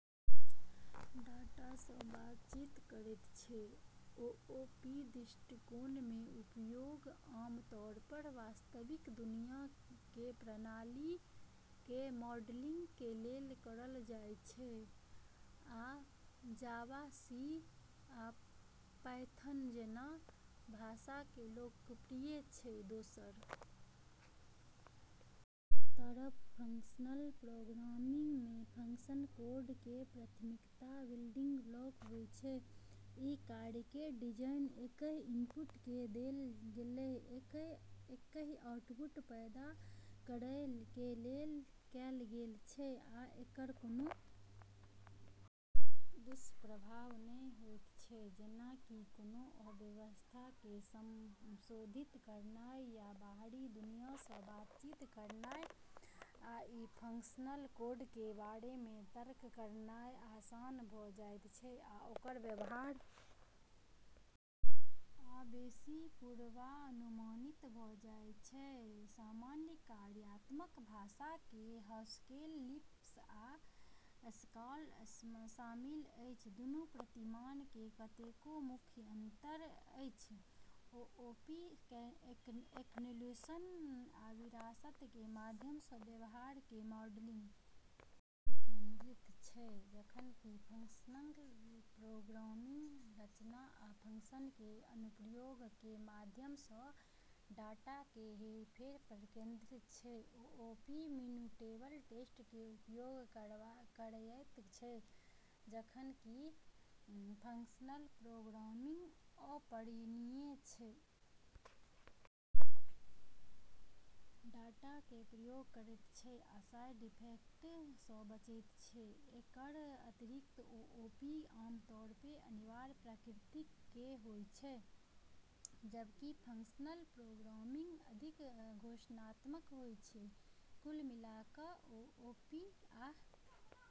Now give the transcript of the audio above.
data सं बातचीत करयत छै, ओओपी दृष्टिकोण कें उपयोग आमतौर पर वास्तविक दुनिया कें प्रणाली कें मॉडलिंग कें लेल करल जाय छै आ जावा, सी आ पायथन जैना भाषाक मे लोकप्रिय छै, दोसरऽ तरफ, फंक्शनल प्रोग्रामिंग म॑ फंक्शन कोड केरऽ प्राथमिक बिल्डिंग ब्लॉक होय छै, ई कार्यक कें डिजाइन एकहि इनपुट कें देल गेलय एकहि आउटपुट पैदा करय कें लेल कैल गेल छै आ एकर कोनों दुष्प्रभाव नहि होयत छै जेना कि कोनों अवस्था कें संशोधित करनाय या बाहरी दुनिया सं बातचीत करनाय, अइ सं फंक्शनल कोड कें बारे मे तर्क करनाय आसान भ जायत छै आ ओकर व्यवहार मे बेसि पूर्वानुमानित भ जायत छै, सामान्य कार्यात्मक भाषा मे हास्केल, लिस्प आ स्काला शामिल अछि, दुनू प्रतिमान मे कतेको प्रमुख अंतर अछि, ओओपी एनकैप्सुलेशन आ विरासत कें माध्यम सं व्यवहार कें मॉडलिंग पर केंद्रित छै जखन कि फंक्शनल प्रोग्रामिंग रचना आ फंक्शन कें अनुप्रयोग कें माध्यम सं डाटा कें हेरफेर पर केंद्रित छै, ओओपी म्यूटेबल स्टेट कें उपयोग करयत छै जखन कि फंक्शनल प्रोग्रामिंग अपरिवर्तनीय डाटा कें उपयोग करयत छै आ साइड इफेक्ट सं बचयत छै, एकरऽ अतिरिक्त, ओओपी आम तौर पे अनिवार्य प्रकृति के होय छै, जबकि फंक्शनल प्रोग्रामिंग अधिक घोषणात्मक होय छै, कुल मिलाकय ओओपी आ